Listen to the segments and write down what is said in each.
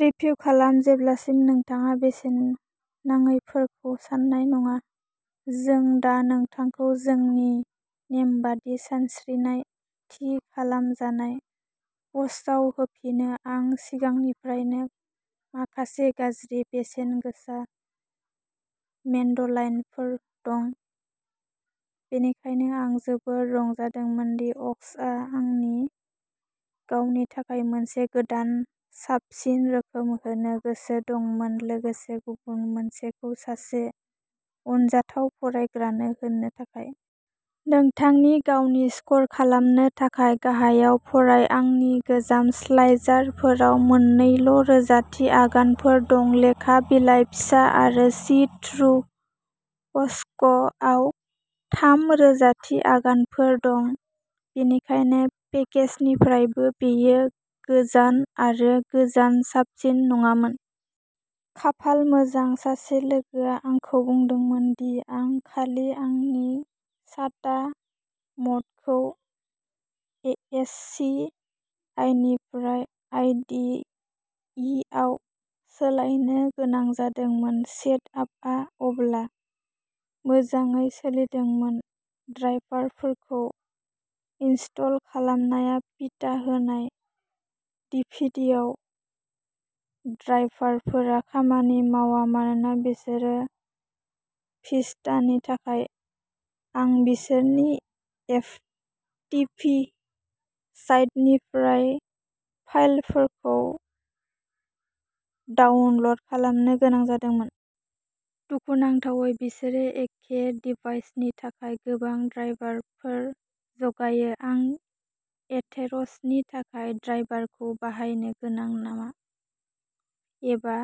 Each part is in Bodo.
रिभिउ खालाम जेब्लासिम नोंथाङा बेसेन नाङैफोरखौ सान्नाय नङा। जों दा नोंथांखौ जोंनि नेमबादि सानस्रिनाय थि खालामजानाय पस्टआव होफिनो। आं सिगांनिफ्रायनो माखासे गाज्रि बेसेनगोसा मेनडलाइनफोर दं, बेनिखायनो आं जोबोद रंजादोंमोन दि अक्स'आ आंनि गावनि थाखाय मोनसे गोदान साबसिन रोखोम होनो गोसो दंमोन, लोगोसे गुबुन मोनसेखौ सासे अनजाथाव फरायग्रानो होनो थाखाय। नोंथांनि गावनि स्कर खालामनो थाखाय गाहायाव फराय। आंनि गोजाम स्लाइसारफोराव मोननैल' रोजाथि आगानफोर दं, लेखा बिलाइ फिसा आरो सि थ्रु। अक्स'आव थाम रोजाथि आगानफोर दं। बेनिखायनो पेकेजनिफ्रायबो बेयो गोजान आरो गोजान साबसिन नङामोन। खाफाल मोजां, सासे लोगोआ आंखौ बुंदोंमोन दि आं खालि आंनि साटा म'डखौ एएचसिआइनिफ्राय आइडिइआव सोलायनो गोनां जादोंमोन। सेटआपआ अब्ला मोजाङै सोलिदोंमोन। ड्राइभारफोरखौ इनस्टल खालामनाया पिटा होनाय डिभिडिआव ड्राइभारफोरा खामानि मावा मानोना बिसोरो भिस्टानि थाखाय आं बिसोरनि एफटिपि साइटनिफ्राय फाइलफोरखौ डाउनल'ड खालामनो गोनां जादोंमोन। दुखुनांथावै, बिसोरो एखे डिभाइसनि थाखाय गोबां ड्राइभारफोर जगायो। आं एथेर'सनि थाखाय ड्राइभारखौ बाहायनो गोनां नामा? एबा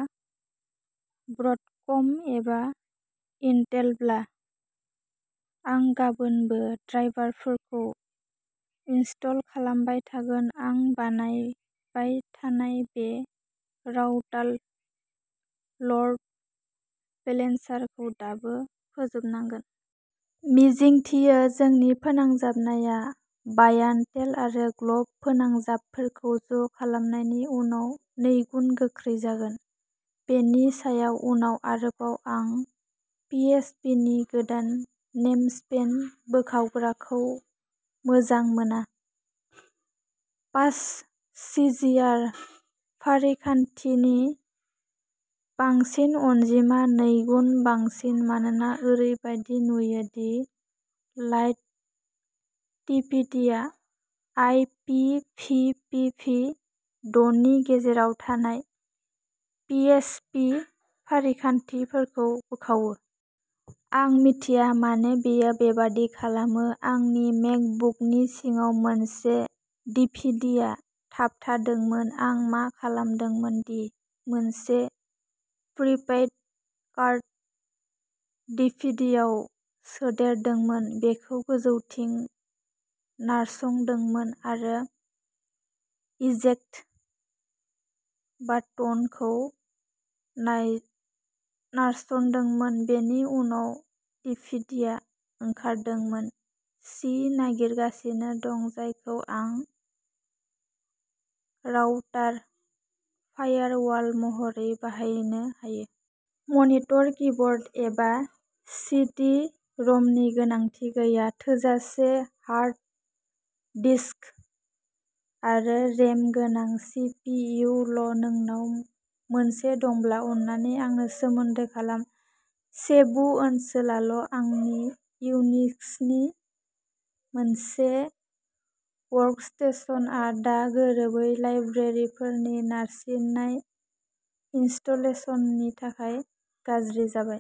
ब्रडकम एबा इन्टेलब्ला आं गाबोनबो ड्राइभारफोरखौ इनस्टल खालामबाय थागोन। आं बानायबाय थानाय बे राउटार ल'ड बेलेन्सारखौ दाबो फोजोबनांगोन। मिजिंथियो, जोंनि फोनांजाबनाया बायान्टेल आरो ग्ल'ब फोनांजाबफोरखौ ज' खालामनायनि उनाव नैगुन गोख्रै जागोन। बेनि सायाव उनाव आरोबाव आं पिएइचपिनि गोदान नेमस्पेस बोखावग्राखौ मोजां मोना। फास्टसिजिआइ फारिखान्थिनि बांसिन अनजिमा नैगुन बांसिन मानोना ओरैबायदि नुयो दि लाइटटिपिडिआ I P V P V द'नि गेजेराव थानाय पिएइचपि फारिखान्थिफोरखौ बोखावो। आं मिथिया मानो बेयो बेबादि खालामो। आंनि मेकबुकनि सिङाव मोनसे डिभिडिया थाबथादोंमोन। आं मा खालामदोंमोन दि मोनसे प्रिपेइड कार्ड डिभिडियाव सोदेरदोंमोन, बेखौ गोजौथिं नारसंदोंमोन आरो इजेक्ट बाटोनखौ नारसंदोंमोन। बेनि उनाव डिभिडिया ओंखारदोंमोन। सि नागिरगासिनो दं जायखौ आं राउटार फायारवाल महरै बाहायनो हायो। मनिटर, कीबोर्ड, एबा सि डि रमनि गोनांथि गैया। थोजासे हार्ड डिस्क आरो रेम गोनां सि पि इउ ल'। नोंनाव मोनसे दंब्ला अन्नानै आंजों सोमोन्दो खालाम। सेबु ओनसोलाल' आंनि इउनिक्सनि मोनसे वर्कस्टेशनआ दा गोरोबै लाइब्रेरिफोरनि नारसिननाय इनस्टलेशननि थाखाय गाज्रि जाबाय।